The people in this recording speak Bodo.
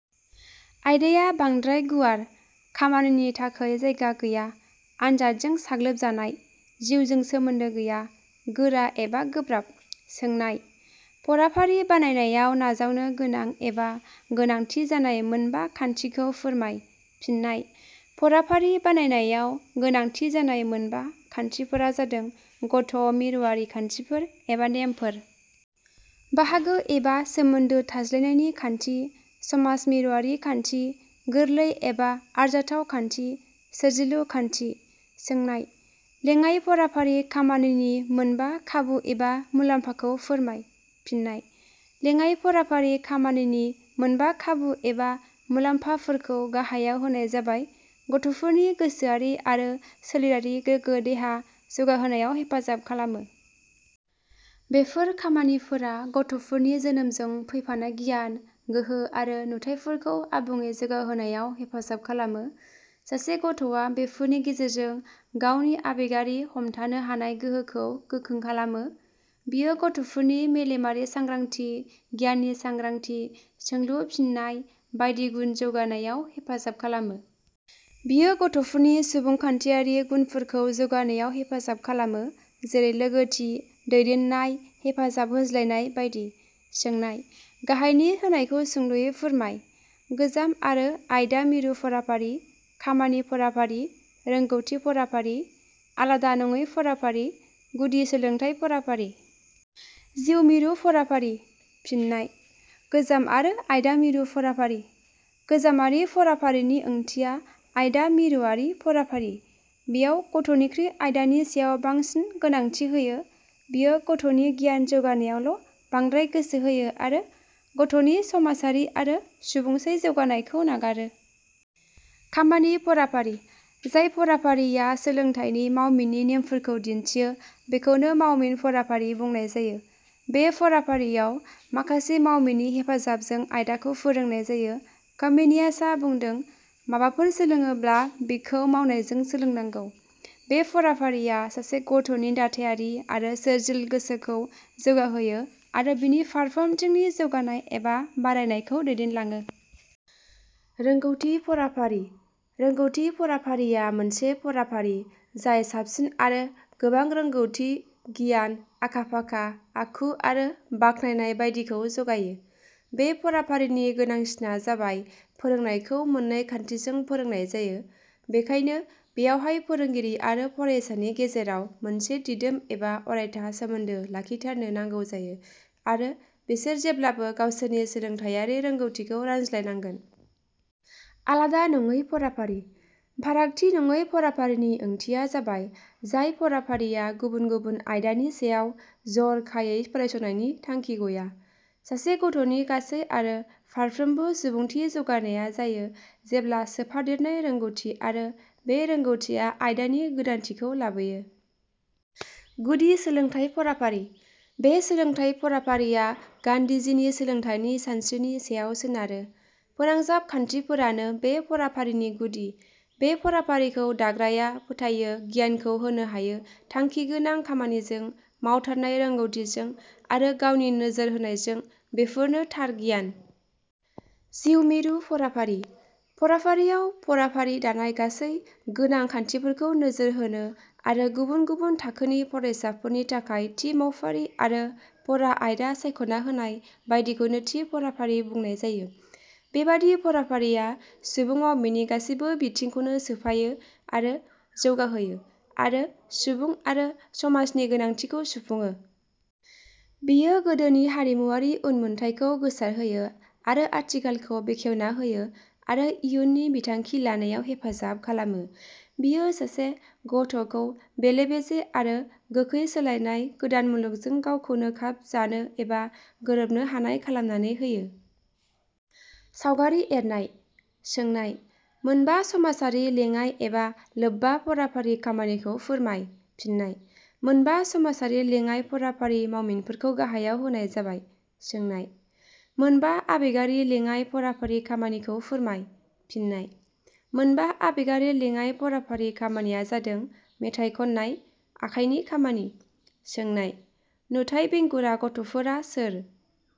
आयदाया बांद्राय गुवार। खामानिनि थाखै जायगा गैया। आनजादजों साग्लोबजानाय। जिउजों सोमोन्दो गैया। गोरा एबा गोब्राब। सोंनाय –: फराफारि बानायनायाव नाजावनो गोनां एबा गोनांथि जानाय मोनबा खान्थिखौ फोरमाय। फिन्नाय: फराफारि बानायनायाव गोनांथि जानाय मोनबा खान्थिफोरा जादों- गथ' मिरुआरि खान्थिफोर एबा नेमफोर। बाहागो एबा सोमोन्दो थाज्लायनायनि खान्थि। समाज मिरुआरि खान्थि। गोरलै एबा आरजाथाव खान्थि। सोरजिलु खान्थि। सोंनाय-. लेङाइ फराफारि खामानिनि मोनबा खाबु एबा मुलाम्फाखौ फोरमाय। फिन्नाय: लेङाइ फराफारि खामानिनि मोनबा खाबु एबा मुलाम्फाफोरखौ गाहायाव होनाय जाबाय- गथ'फोरनि गोसोयारि आरो सोलेरारि गोगो देहा जौगाहोनायाव हेफाजाब खालामो। बेफोर खामानिफोरा गथ'फोरनि जोनोमजों फैफानाय गियान, गोहो आरो नुथायफोरखौ आबुङे जौगाहोनायाव हेफाजाब खालामो। सासे गथ' आ बेफोरनि गेजेरजों गावनि आबेगारि हमथानोहानाय गोहोखौ गोखों खालामो। बियो गथ'फोरनि मेलेमारि सांग्रांथि, गियाननि सांग्रांथि, सोंलु- फिननाय बायदि गुन जौगानायाव हेफाजाब खालामो। बियो गथ'फोरनि सुबुंखान्थियारि गुनफोरखौ जौगानायाव हेफाजाब खालामो जेरै- लोगोथि, दैदेननाय, हेफाजाब होज्लायनाय बायदि। सोंनाय-. गाहायनि होनायखौ सुंद 'यै फोरमाय – गोजाम आरो आयदा मिरु फराफारि। खामानि फराफारि। रोंगौथि फराफारि। आलादानङै फराफारि। गुदि सोलोंथाइ फराफारि। जिउ मिरु फराफारि। फिननाय: गोजाम आरो आयदा मिरु फराफारि: गोजामारि फराफारिनि ओंथिया आयदा मिरुवारि फराफारि। बेयाव गथ'निख्रुइ आयदानि सायाव बांसिन गोनांथि होयो। बेयो गथ 'नि गियान जौगानायावल' बांद्राय गोसो होयो आरो गथ'नि समाजारि आरो सुबुंसाय जौगानायखौ नागारो। खामानि फराफारि: जाय फराफारिया सोलोंथाइनि मावमिननि नेमफोरखौ दिन्थियो बेखौनो मावमिन फराफारि बुंनाय जायो। बे फराफारियाव, माखासे मावमिननि हेफाजाबजों आयदाखौ फोरोंनाय जायो। कमेनियास आ बुंदों- "माबाफोर सोलोडोब्ला बेखौ मावनायजों सोलोंनांगौ। " बे फराफारिया सासे गथ 'नि दाधायारि आरो सोरजिल गोसोखौ जौगाहोयो आरो बिनि फारफोमथिंनि जौगानाय एबा बारायनायखौ दैदेनलाङो। रोंगौथि फराफारि: रोंगौथि फराफारिया मोनसे फराफारि जाय साबसिन आरो गोबां रोंगौथि गियान, आखा फाखा, आखु आरो बाखनायनाय बायदिखौ ज 'गायो। बे फराफारिनि गोनां सिना जाबाय फोरोंनायखौ मोननै खान्थिजों फोरोंनाय जायो। बेखायनो बेयावहाय फोरोंगिरि आरो फरायसानि गेजेराव मोनसे दिदोम एबा अरायथा सोमोन्दो लाखिधारनो नांगौ जायो आरो बिसोर जेब्लाबो गावसोरनि सोलोंथाइयारि रोंगौथिखौ रानज्लाय नांगोन। आलादानङै फराफारि: फारागथि नङै फराफारिनि ओंथिया जाबाय – जाय फराफारिया गुबुन गुबुन आयदानि सायाव जर 'खायै फरायसंनायनि थांखि गया। सासे गथ'नि गासै आरो फारफ्रोमबो सुबुंथि जौगानाया जायो जेब्ला सोफादेरनाय रोंगौथि आरो बे रोंगौथिया आयदानि गोदानथिखौ लाबोयो। गुदि सोलोंथाइ फराफारि: बे सोलोंथाइ फराफारिया गान्धीजिनि सोलोंथाइनि सानस्रिनि सायाव सोनारो। फोनांजाब खान्थिफोरानो बे फराफारिनि गुदि। बे फराफारिखौ दाग्राया फोथायो गियानखौ होनो हायो, थांखिगोनां खामानिजों, मावथारनाय रोंगौथिजों आरो गावनि नोजोर होनायजों, बेफोरनो थार गियान। जिउ मिरु फराफारि: फराफारियाव फराफारि दानाय गासै गोनां खान्थिफोरखौ नोजोर होनो आरो गुबुन गुबुन थाखोनि फरायसाफोरनि थाखाय थि मावफारि आरो फरा आयदा सायख'ना होनाय बायदिखौनो थि फराफारि बुंनाय जायो। बेबादि फराफारिया सुबुं मावमिनि गासैबो बिथिंखौनो सोफायो आरो जौगाहोयो आरो सुबुं आरो समाजनि गोनांथिखौ सुफुङो। बेयो गोदोनि हारिमुवारि उनमोनथाइखौ गोसारहोयो आरो आथिखालखौ बेखेवनाहोयो आरो इउननि बिथांखि लानायाव हेफाजाब खालामो। बियो सासे ग 'थ 'खौ बेलेबेजे आरो गोखै सोलायनाय गोदान मुलुगजों गावखौनो खाब जानो एबा गोरोबनो हानाय खालामनानै होयो। सावगारि एरनाय। सोंनाय –. मोनबा समाजारि लेङाइ एबा लोबबा फराफारि खामानिखौ फोरमाय। फिन्नाय: मोनबा समाजारि लेङाइ फराफारि मावमिनफोरखौ गाहायाव होनाय जाबाय सोंनाय –. मोनबा आबेगारि लेङाइ फराफारि खामानिखौ फोरमाय। फिन्नाय: मोनबा आबेगारि लेङाइ फराफारि खामानिया जादों मेथाइ खन्नाय। आखाइनि खामानि। सोंनाय –. नुथाइ बेंगुरा गथ 'फोरा सोर?